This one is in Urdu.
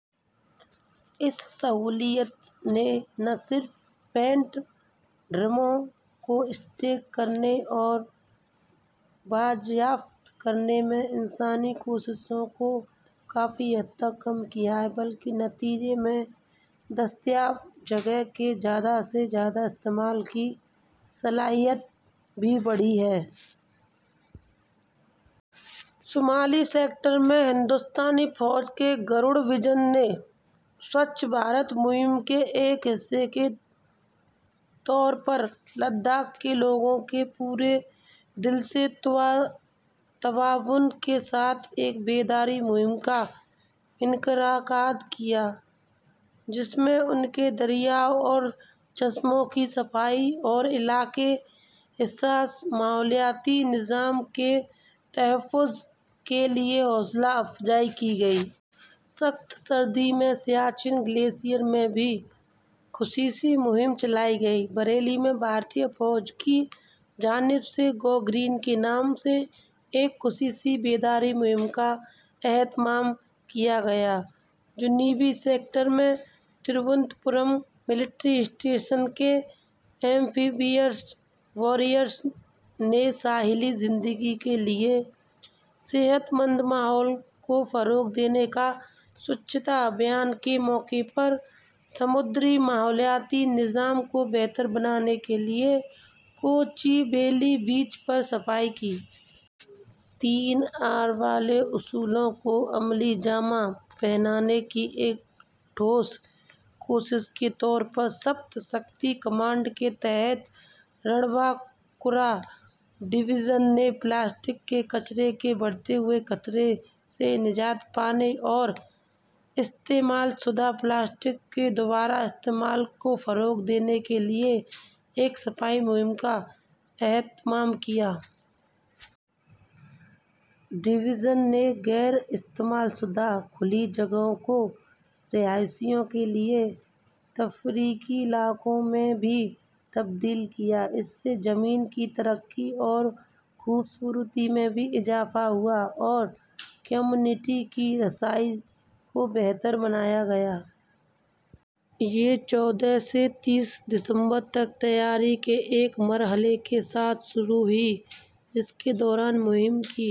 اس سہولت نے نہ صرف پینٹ ڈرموں کو اسٹیک کرنے اور بازیافت کرنے میں انسانی کوششوں کو کافی حد تک کم کیا ہے بلکہ اس کے نتیجے میں دستیاب جگہ کے زیادہ سے زیادہ استعمال کی صلاحیت بھی بڑھی ہے۔ شمالی سیکٹر میں، ہندوستانی فوج کے گروڑ ڈویژن نے سوچھ بھارت مہم کے ایک حصے کے طور پر، لداخ کے لوگوں کے پورے دل سے تعاون کے ساتھ ایک بیداری مہم کا انعقاد کیا، جس میں ان کے دریاؤں اور چشموں کی صفائی اور خطے کے حساس ماحولیاتی نظام کے تحفظ کے لیے حوصلہ افزائی کی گئی۔ سخت سردی میں سیاچن گلیشیئرز میں بھی خصوصی مہم چلائی گئی۔ بریلی میں بھارتی فوج کی جانب سے گو گرین کے نام سے ایک خصوصی بیداری مہم کا اہتمام کیا گیا۔ جنوبی سیکٹر میں، ترووننت پورم ملٹری اسٹیشن کے ایمفیبیئس واریئرز نے ساحلی زندگی کے لیے صحت مند ماحول کو فروغ دینے اور سوچھتا ابھیان کے موقع پر سمندری ماحولیاتی نظام کو بہتر بنانے کے لیے کوچوویلی بیچ پر صفائی کی۔ تین آر والے اصولوں کو عملی جامہ پہنانے کی ایک ٹھوس کوشش کے طور پر سپت شکتی کمانڈ کے تحت رن بنکورا ڈویژن نے پلاسٹک کے کچرے کے بڑھتے ہوئے خطرے سے چھٹکارا پانے اور استعمال شدہ پلاسٹک کے دوبارہ استعمال کو فروغ دینے کے لیے ایک صفائی مہم کا اہتمام کیا۔ ڈویژن نے غیر استعمال شدہ کھلی جگہوں کو رہائشیوں کے لیے تفریحی علاقوں میں بھی تبدیل کیا، جس سے زمین کی تزئین کی خوبصورتی میں اضافہ ہوا اور کمیونٹی کی رسائی کو بہتر بنایا گیا۔ یہ چودہ سے تیس ستمبر تک تیاری کے ایک مرحلے کے ساتھ شروع ہوئی، جس کے دوران مہم کی